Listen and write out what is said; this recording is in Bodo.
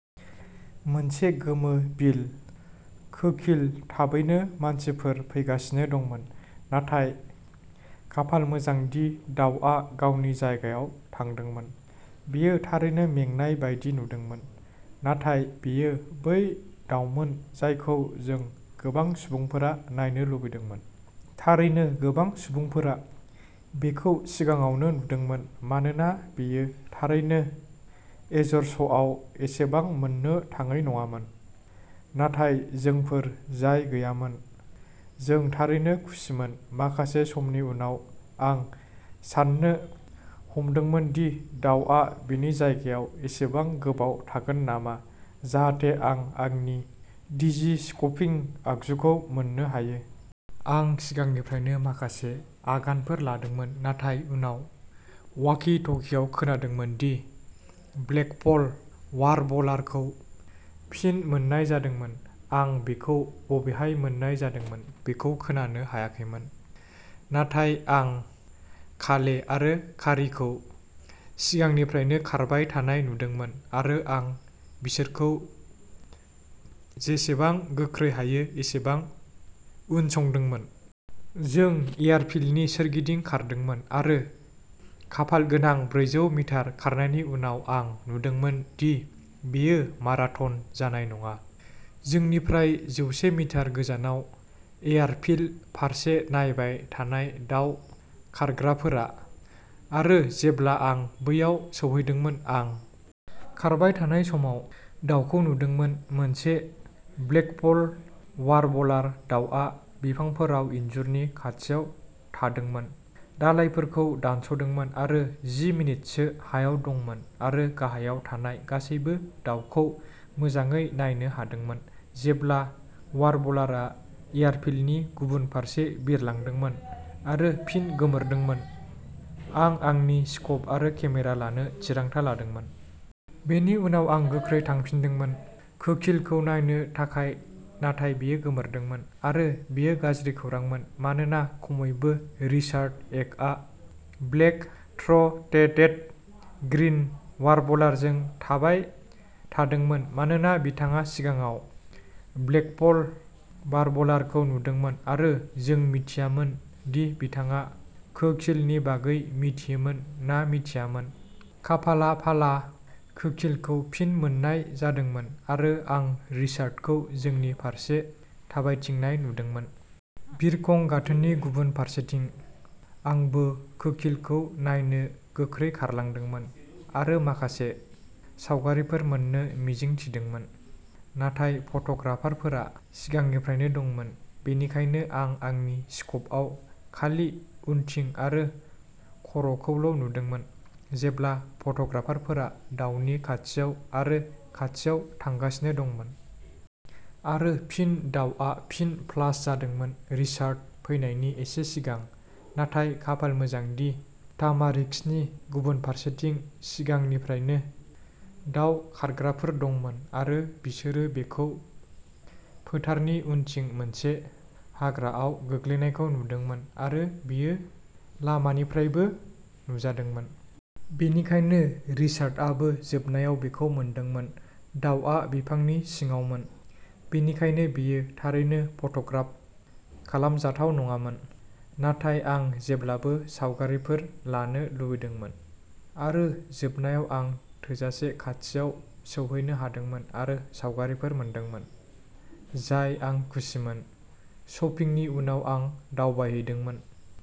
मोनसे गोमो-बिल कोकिल थाबैनो मानसिफोर फैगासिनो दंमोन, नाथाय खाफाल मोजां दि दाउआ गावनि जायगायाव थादोंमोन। बेयो थारैनो मेंनाय बायदि नुदोंमोन। नाथाय बेयो बै दाउमोन जायखौ जों गोबां सुबुंफोरा नायनो लुबैदोंमोन। थारैनो गोबां सुबुंफोरा बेखौ सिगाङावबो नुदोंमोन मानोना बेयो थारैनो एजरसआव एसेबां मोननो थाङै नङामोन, नाथाय जोंफोर जाय गैयामोन जों थारैनो खुसिमोन माखासे समनि उनाव आं साननो हमदोंमोन दि दाउआ बिनि जायगायाव एसेबां गोबाव थागोन नामा जाहाथे आं आंनि डिजिस्कपिं आगजुखौ मोन्नो हायो। आं सिगांनिफ्रायनो माखासे आगानफोर लादोंमोन नाथाय उनाव वाकि-टकिआव खोनादोंमोन दि ब्लेकपल वार्बलारखौ फिन मोन्नाय जादोंमोन आं बेखौ बबेहाय मोन्नाय जादोंमोन बेखौ खोनानो हायाखैमोन। नाथाय आं काले आरो कारीखौ सिगांनिफ्रायनो खारबाय थानाय नुदोंमोन आरो आं बिसोरखौ जेसेबां गोख्रै हायो एसेबां उनसंदोंमोन। जों एयारफील्डनि सोरगिदिं खारदोंमोन आरो खाफालगोनां ब्रैजौ मिटार खारनायनि उनाव आं नुदोंमोन दि बेयो माराथन जानाय नङा जोंनिफ्राय जौसे मिटार गोजानाव एयारफील्ड फारसे नायबाय थानाय दाव खारग्राफोरा। आरो जेब्ला आं बैयाव सौहैदोंमोन, आं खारबाय थानाय समाव दाउखौ नुदोंमोन मोनसे ब्लेकपल वार्बलार दाउआ बिफांफोराव इनजुरनि खाथियाव थादोंमोन, दालाइफोरखौ दानस'दोंमोन आरो जि मिनिटसो हायाव दंमोन आरो गाहायाव थानाय गासैबो दाउखौ मोजाङै नायनो हादोंमोन जेब्ला वार्बलारआ एयारफील्डनि गुबुन फारसे बिरलांदोंमोन आरो फिन गोमोरदोंमोन, आं आंनि स्कोप आरो केमेरा लानो थिरांथा लादोंमोन। बेनि उनाव आं गोख्रै थांफिनदोंमोन कोकिलखौ नायनो थाखाय नाथाय बेयो गोमोरदोंमोन। आरो बेयो गाज्रि खौरांमोन मानोना खमैबो रिचार्ड एकआ ब्लेक थ्र'टेटेड ग्रीन वार्बलारजों थाबाय थादोंमोन मानोना बिथाङा सिगाङाव ब्लेकपल वार्बलारखौ नुदोंमोन आरो जों मिथियामोन दि बिथाङा कोकिलनि बागै मिथियोमोन ना मिथियामोन खाफालाफाला कोकिलखौ फिन मोन्नाय जादोंमोन आरो आं रिचार्डखौ जोंनि फारसे थाबायथिंनाय नुदोंमोन। बिरखं गाथोननि गुबुन फारसेथिं। आंबो कोकिलखौ नायनो गोख्रै खारलांदोंमोन आरो माखासे सावगारिफोर मोन्नो मिजिं थिदोंमोन, नाथाय फट'ग्राफारफोरा सिगांनिफ्रायनो दंमोन। बेनिखायनो आं आंनि स्कोपआव खालि उनथिं आरो खर'खौल' नुदोंमोन, जेब्ला फट'ग्राफारफोरा दावनि खाथियाव आरो खाथियाव थांगासिनो दंमोन। आरो फिन दाउआ फिन फ्लास जादोंमोन रिचार्ड फैनायनि एसे सिगां। नाथाय खाफाल मोजां दि तामारिस्कनि गुबुन फारसेथिं सिगांनिफ्रायनो दाव खारग्राफोर दंमोन आरो बिसोरो बेखौ फोथारनि उनथिं मोनसे हाग्राआव गोग्लैनायखौ नुदोंमोन आरो बेयो लामानिफ्रायबो नुजादोंमोन। बेनिखायनो रिचार्डआबो जोबनायाव बेखौ मोनदोंमोन दाउआ बिफांनि सिङावमोन, बेनिखायनो बेयो थारैनो फट'ग्राफ खालामजाथाव नङामोन, नाथाय आं एसेब्लाबो सावगारिफोर लानो लुबैदोंमोन। आरो जोबनायाव आं थोजासे खाथियाव सौहैनो हादोंमोन आरो सावगारिफोर मोनदोंमोन जाय आं खुसिमोन। शपिंनि उनाव आं दावबायहैदोंमोन।